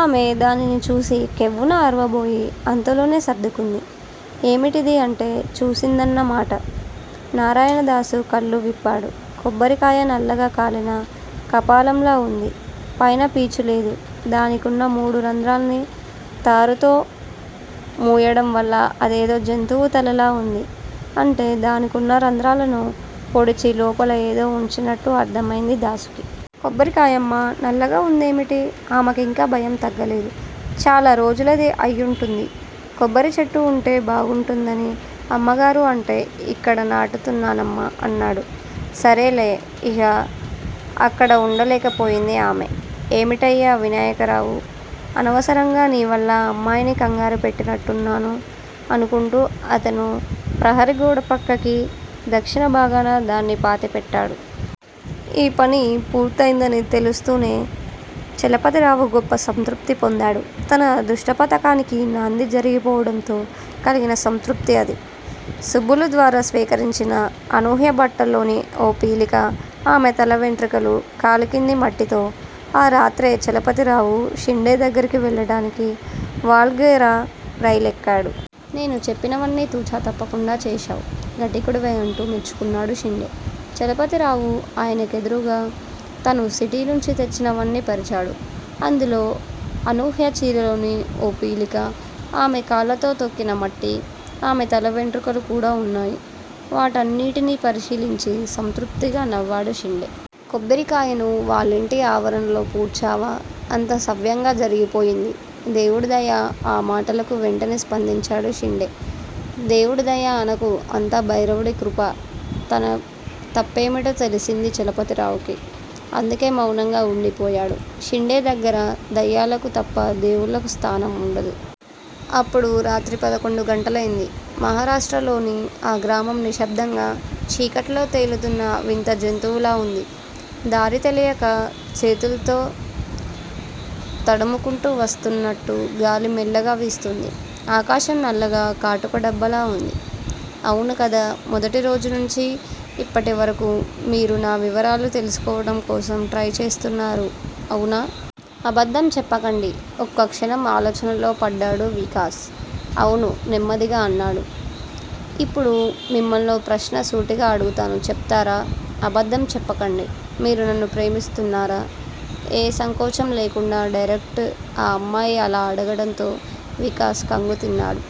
ఆమె దానిని చూసి కెవ్వున అరవబోయి, అంతలోనే సర్దుకుంది. ఏమిటిది? అంటే చూసిందన్న మాట. నారాయణదాసు కళ్ళు విప్పాడు. కొబ్బరికాయ నల్లగా కాలిన కపాలంలా వుంది. పైన పీచు లేదు. దానికున్న మూడు రంధ్రాల్ని తారుతో మూయడంవల్ల అదేదో జంతువు తలలా వుంది. అంటే దానికున్న రంధ్రాలను పొడిచి, లోపల ఏదో వుంచినట్టు అర్థమైంది దాసుకి. కొబ్బరికాయమ్మా నల్లగా వుందేమిటి? ఆమెకింకా భయం తగ్గలేదు. చాలా రోజులది అయ్యుంటుంది. కొబ్బరిచెట్టు వుంటే బావుంటుందని అమ్మగారు అంటే ఇక్కడ నాటుతున్నానమ్మా అన్నాడు. సరేలే ఇహ అక్కడ వుండలేకపోయింది ఆమె. ఏమిటయ్యా వినాయకరావూ! అనవసరంగా నీ వల్ల అమ్మాయిని కంగారుపెట్టినట్టున్నాను అనుకుంటూ అతను ప్రహరీ గోడప్రక్కకి, దక్షిణ భాగాన దాన్ని పాతి పెట్టాడు. ఈ పని పూర్తయిందని తెలుస్తూనే చలపతిరావు గొప్ప సంతృప్తి పొందాడు. తన దుష్టపథకానికి నాంది జరిగిపోవడంతో కలిగిన సంతృప్తి అది. సుబ్బులు ద్వారా సేకరించిన అనూహ్య బట్టల్లోని ఓ పీలిక, ఆమె తల వెంట్రుకలు, కాలికింద మట్టితో ఆ రాత్రే చలపతిరావు షిండే దగ్గరికి వెళ్ళడానికి వాల్ ఘెరా రైలెక్కాడు. నేను చెప్పినవన్నీ తు. చ. తప్పకుండా చేశావ్. ఘటికుడివే అంటూ మెచ్చుకున్నాడు షిండే. చలపతిరావు ఆయనకెదురుగా తను సిటీ నుంచి తెచ్చినవన్నీ పరిచాడు. అందులో అనూహ్య చీరలోని ఓ పీలిక, ఆమె కాళ్ళతో తొక్కిన మట్టి, ఆమె తల వెంట్రుకలు కూడా వున్నాయి. వాటినన్నిటినీ పరిశీలించి సంతృప్తిగా నవ్వాడు షిండే. కొబ్బరికాయను వాళ్ళింటి ఆవరణలో పూడ్చావా? అంతా సవ్యంగా జరిగిపోయింది- దేవుడి దయ ఆ మాటలకు వెంటనే స్పందించాడు షిండే. దేవుడి దయ అనకు అంతా భైరవుడి కృప. తన తప్పేమిటో తెలిసింది చలపతిరావుకి, అందుకే మౌనంగా వుండిపోయాడు. షిండే దగ్గర దెయ్యాలకు తప్ప దేవుళ్ళకు స్థానం వుండదు. అప్పుడు రాత్రి పదకొండు గంటలైంది. మహారాష్ట్రలోని ఆ గ్రామం నిశ్శబ్దంగా చీకట్లో తేలుతున్న వింత జంతువులా వుంది. దారి తెలియక చేతుల్తో తడుముకుంటూ వస్తున్నట్టు గాలి మెల్లిగా వీస్తోంది. ఆకాశం నల్లగా కాటుక డబ్బాలా వుంది. అవును కదా మొదటిరోజు నుంచి ఇప్పటివరకూ మీరు నా వివరాలు తెల్సుకోవడం కోసం ట్రై చేస్తున్నారు అవునా? అబద్దం చెప్పకండి ఒక్కక్షణం ఆలోచనలో పడ్డాడు వికాస్. అవును నెమ్మదిగా అన్నాడు. ఇప్పుడు మిమ్మల్నో ప్రశ్న సూటిగా అడుగుతాను చెప్తారా అబద్దం చెప్పకండి? మీరు నన్ను ప్రేమిస్తున్నారా ఏ సంకోచం లేకుండా డైరెక్టర్ ఆ అమ్మాయి అలా అడగటంతో వికాస్ ఖంగు తిన్నాడు.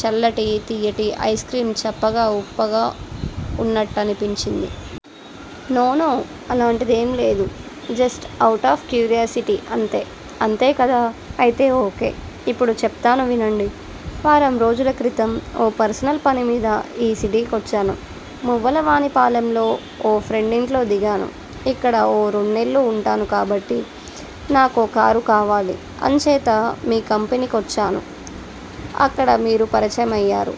చల్లటి, తియ్యటి ఐస్ క్రీమ్ చప్పగా, ఉప్పగా వున్నట్టనిపించింది. నో నో అలాంటిదేం లేదు జస్ట్ అవుటాఫ్ క్యూరియాసిటీ అంతే అంతే కదా అయితే ఓ. కే ఇప్పుడు చెప్తాను వినండి వారం రోజుల క్రితం ఓ పర్సనల్ పనిమీద ఈ సిటీకొచ్చాను మువ్వలవాని పాలెంలో ఓ ఫ్రెండింట్లో దిగాను ఇక్కడ ఓ రెన్నెల్లు వుంటాను కాబట్టి, నాకో కారు కావాలి అంచేత మీ కంపెనీ కొచ్చాను అక్కడ మీరు పరిచయమయ్యారు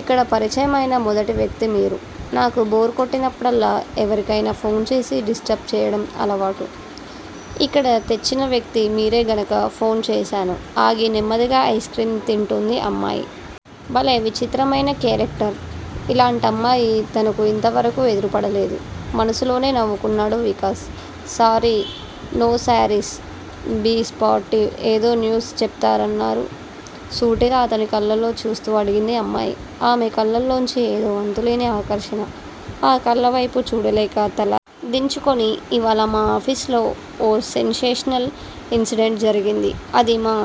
ఇక్కడ పరిచయమైన మొదటి వ్యక్తి మీరు నాకు బోర్ కొట్టినప్పుడల్లా ఎవరికయినా ఫోన్ చేసి 'డిస్ట్రబ్' చెయ్యడం అలవాటు ఇక్కడ తెచ్చిన వ్యక్తి మీరే గనక ఫోన్ చేశాను ఆగి నెమ్మదిగా ఐస్ క్రీం తింటోంది అమ్మాయి. భలే విచిత్రమైన కేరక్టర్, ఇలాంటమ్మాయి తనకు ఇంతవరకూ ఎదురుపడలేదు. మనసులోనే నవ్వుకున్నాడు Vikas sorry no sorries be sportive ఏదో న్యూస్ చెప్తారన్నారు- సూటిగా అతని కళ్ళల్లోకి చూస్తూ అడిగింది అమ్మాయి. ఆమె కళ్ళల్లోంచి ఏదో అంతులేని ఆకర్షణ. ఆ కళ్ళవేపు చూడలేక తల దించుకుని- ఇవాళ మా ఆఫీసులో ఓ సెన్సేషనల్ ఇన్సిడెంట్ జరిగింది అది మా